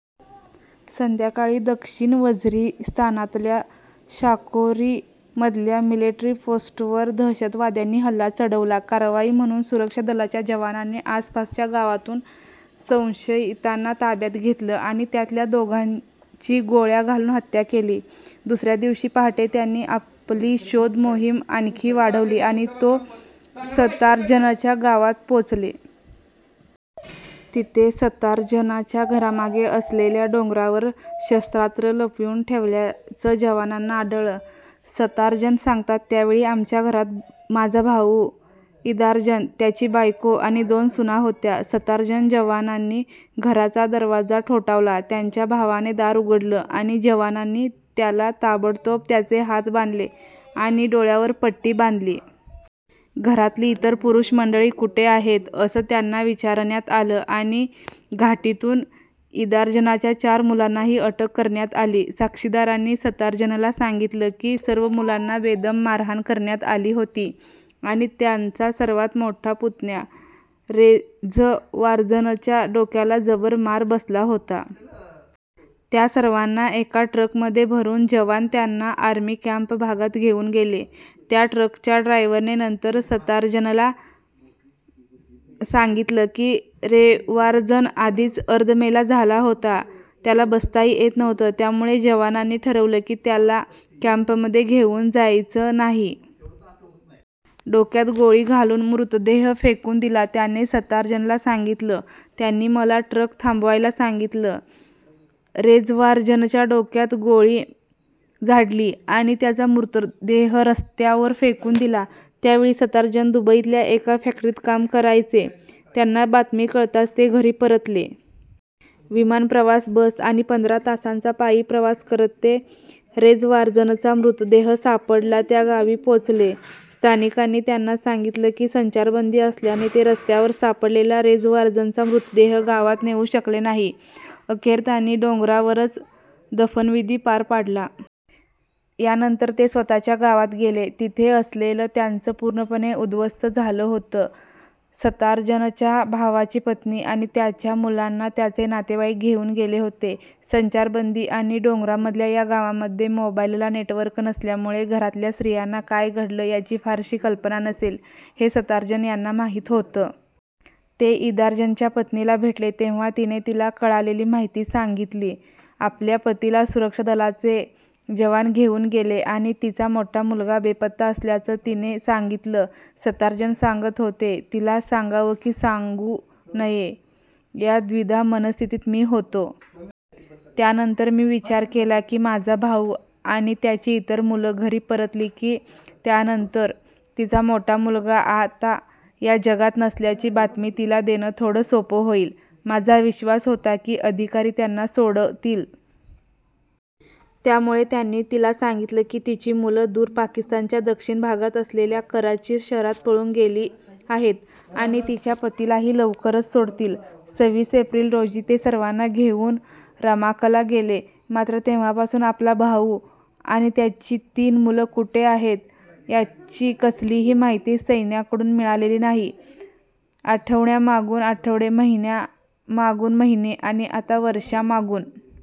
संध्याकाळी दक्षिण वझिरीस्तानातल्या शाकोरीमधल्या मिलिट्री पोस्टवर दहशतवाद्यांनी हल्ला चढवला. कारवाई म्हणून सुरक्षा दलाच्या जवानांनी आसपासच्या गावातून संशयितांना ताब्यात घेतलं आणि त्यातल्या दोघांची गोळ्या घालून हत्या केली. दुसऱ्या दिवशी पहाटे त्यांनी आपली शोध मोहीम आणखी वाढवली आणि ते सतार्जनच्या गावात पोचले. तिथे सतार्जनच्या घरामागे असलेल्या डोंगरावर शस्त्रास्त्र लपवून ठेवल्याचं जवानांना आढळलं. सतार्जन सांगतात, त्यावेळी आमच्या घरात माझा भाऊ इदार्जन, त्याची बायको आणि दोन सुना होत्या. सतार्जन जवानांनी घराचा दरवाजा ठोठावला. त्यांच्या भावाने दार उघडलं आणि जवानांनी त्याला ताबडतोब त्याचे हात बांधले आणि डोळ्यावर पट्टी बांधली. घरातली इतर पुरूष मंडळी कुठे आहेत, असं त्यांना विचारण्यात आलं आणि घाटीतून इदार्जनच्या चार मुलांनाही अटक करण्यात आली. साक्षीदारांनी सतार्जनला सांगितलं की सर्व मुलांना बेदम मारहाण करण्यात आली होती आणि त्यांचा सर्वात मोठा पुतण्या रेझवार्जनच्या डोक्याला जबर मार बसला होता. त्या सर्वांना एका ट्रकमध्ये भरून जवान त्यांना आर्मी कॅम्प भागात घेऊन गेले. त्या ट्रकच्या ड्रायव्हरने नंतर सतार्जनला सांगितलं की रेझवार्जन आधीच अर्धमेला झाला होता. त्याला बसताही येत नव्हतं. त्यामुळे जवानांनी ठरवलं की त्याला कॅम्पमध्ये घेऊन जायचं नाही. डोक्यात गोळी घालून मृतदेह फेकून दिला त्याने सतार्जनला सांगितलं, त्यांनी मला ट्रक थांबवायला सांगितलं. रेझवार्जनच्या डोक्यात गोळी झाडली आणि त्याचा मृतदेह रस्त्यावर फेकून दिला. त्यावेळी सतार्जन दुबईतल्या एका फॅक्ट्रीत काम करायचे. त्यांना बातमी कळताच ते घरी परतले. विमानप्रवास, बस आणि पंधरा तासांचा पायी प्रवास करत ते रेझवार्जनचा मृतदेह सापडला त्या गावी पोचले. स्थानिकांनी त्यांना सांगितलं की संचारबंदी असल्याने ते रस्त्यावर सापडलेला रेझवार्जनचा मृतदेह गावात नेऊ शकले नाही. अखेर त्यांनी डोंगरावरच दफनविधी पार पाडला. यानंतर ते स्वतःच्या गावात गेले. तिथे असलेलं त्यांचं पूर्णपणे उद्ध्वस्त झालं होतं. सतार्जनच्या भावाची पत्नी आणि त्याच्या मुलांना त्याचे नातेवाईक घेऊन गेले होते. संचारबंदी आणि डोंगरांमधल्या या गावांमध्ये मोबाईलला नेटवर्क नसल्यामुळे घरातल्या स्त्रियांना काय घडलं, याची फारशी कल्पना नसेल, हे सतार्जन यांना माहिती होतं. ते इदार्जनच्या पत्नीला भेटले तेव्हा तिने तिला कळालेली माहिती सांगितली. आपल्या पतीला सुरक्षा दलाचे जवान घेऊन गेले आणि तिचा मोठा मुलगा बेपत्ता असल्याचं तिने सांगितलं. सतार्जन सांगत होते, तिला सांगावं की सांगू नये, या द्विधा मनःस्थितीत मी होतो. त्यानंतर मी विचार केला की माझा भाऊ आणि त्याची इतर मुलं घरी परतली की त्यानंतर तिचा मोठा मुलगा आता या जगात नसल्याची बातमी तिला देणं थोडं सोपं होईल. माझा विश्वास होता की अधिकारी त्यांना सोडतील. त्यामुळे त्यांनी तिला सांगितलं की तिची मुलं दूर पाकिस्तानच्या दक्षिण भागात असलेल्या कराची शहरात पळून गेली आहेत आणि तिच्या पतीलाही लवकरच सोडतील. सव्वीस एप्रिल रोजी ते सर्वांना घेऊन रमाकला गेले. मात्र, तेव्हापासून आपला भाऊ आणि त्याची तीन मुलं कुठे आहेत, याची कसलीही माहिती सैन्याकडून मिळालेली नाही. आठवड्यांमागून आठवडे, महिन्यांमागून महिने आणि आता वर्षांमागून